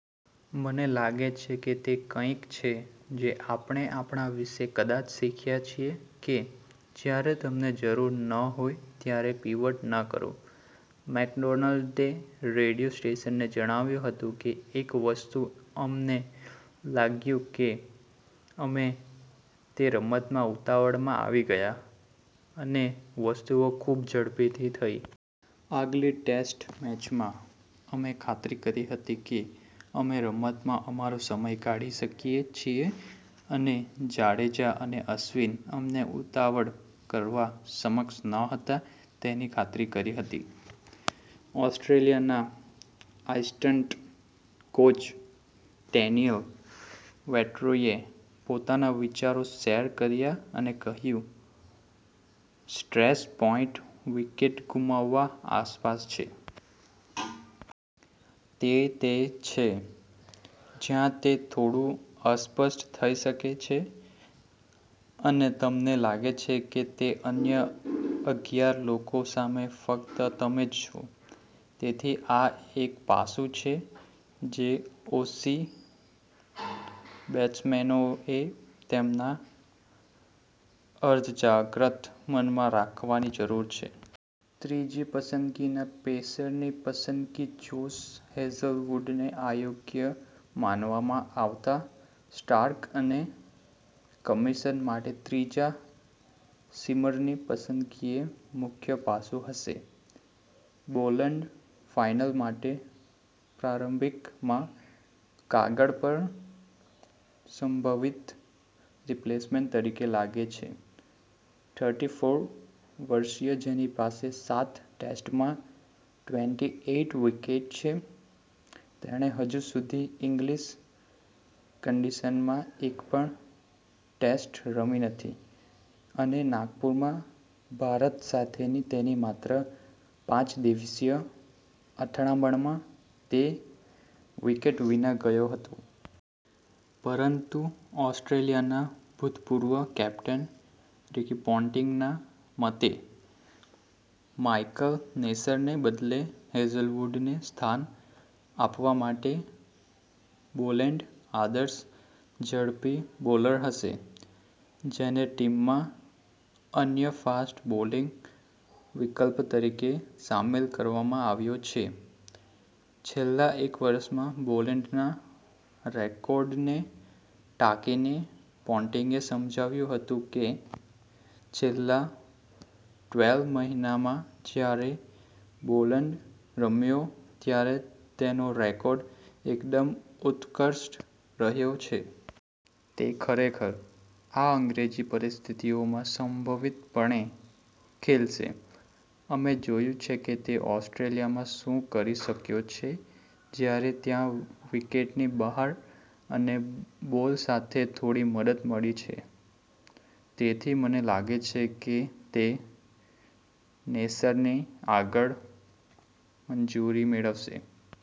મને લાગે છે કે તે કંઈક છે જે આપણે આપણા વિશે કદાચ શીખ્યા છીએ કે 'જ્યારે તમને જરૂર ન હોય ત્યારે પીવટ ન કરો', મેકડોનાલ્ડે રેડિયો સ્ટેશનને જણાવ્યું હતું કે એક વસ્તુ અમને લાગ્યું કે અમે તે રમતમાં ઉતાવળમાં આવી ગયા, અને વસ્તુઓ ખૂબ ઝડપથી થઈ. આગલી ટેસ્ટ મેચમાં, અમે ખાતરી કરી હતી કે અમે રમતમાં અમારો સમય કાઢી શકીએ છીએ અને જાડેજા અને અશ્વિન અમને ઉતાવળ કરવા સક્ષમ ન હતા તેની ખાતરી કરી હતી. ઓસ્ટ્રેલિયાના આસિસ્ટન્ટ કોચ ડેનિયલ વેટ્ટોરીએ પોતાના વિચારો શેર કર્યા અને કહ્યું, સ્ટ્રેસ પોઈન્ટ વિકેટ ગુમાવવા આસપાસ છે. તે તે છે જ્યાં તે થોડું અસ્પષ્ટ થઈ શકે છે, અને તમને લાગે છે કે તે અન્ય અગિયાર લોકો સામે ફક્ત તમે જ છો. તેથી આ એક પાસું છે જે ઓસી બેટ્સમેનોએ તેમના અર્ધજાગ્રત મનમાં રાખવાની જરૂર છે. ત્રીજી પસંદગીના પેસરની પસંદગી જોશ હેઝલવૂડને અયોગ્ય માનવામાં આવતાં સ્ટાર્ક અને કમિન્સ માટે ત્રીજા સીમરની પસંદગી એ મુખ્ય પાસું હશે. બોલેન્ડ ફાઈનલ માટે પ્રારંભિક માં કાગળ પર સંભવિત રિપ્લેસમેન્ટ તરીકે લાગે છે. થર્ટી ફોર વર્ષીય જેની પાસે સાત ટેસ્ટમાં ટ્વેન્ટી એઈટ વિકેટ છે, તેણે હજુ સુધી ઇંગ્લીશ કંડિશનમાં એક પણ ટેસ્ટ રમી નથી અને નાગપુરમાં ભારત સાથેની તેની માત્ર પાંચ દિવસીય અથડામણમાં તે વિકેટ વિના ગયો હતો. પરંતુ ઓસ્ટ્રેલિયાના ભૂતપૂર્વ કેપ્ટન રિકી પોન્ટિંગના મતે, માઈકલ નેસરને બદલે હેઝલવૂડને સ્થાન આપવા માટે બોલેન્ડ આદર્શ ઝડપી બોલર હશે, જેને ટીમમાં અન્ય ફાસ્ટ બોલિંગ વિકલ્પ તરીકે સામેલ કરવામાં આવ્યો છે. છેલ્લા એક વર્ષમાં બોલેન્ડના રેકોર્ડને ટાંકીને પોન્ટિંગે સમજાવ્યું હતું કે છેલ્લા ટ્વેલ્વ મહિનામાં જ્યારે બોલેન્ડ રમ્યો ત્યારે તેનો રેકોર્ડ એકદમ ઉત્કૃષ્ટ રહ્યો છે. તે ખરેખર, આ અંગ્રેજી પરિસ્થિતિઓમાં સંભવિતપણે ખીલશે. અમે જોયું છે કે તે ઓસ્ટ્રેલિયામાં શું કરી શક્યો છે જ્યારે ત્યાં વિકેટની બહાર અને બોલ સાથે થોડી મદદ મળી છે. તેથી મને લાગે છે કે તે નેસેરની આગળ મંજૂરી મેળવશે.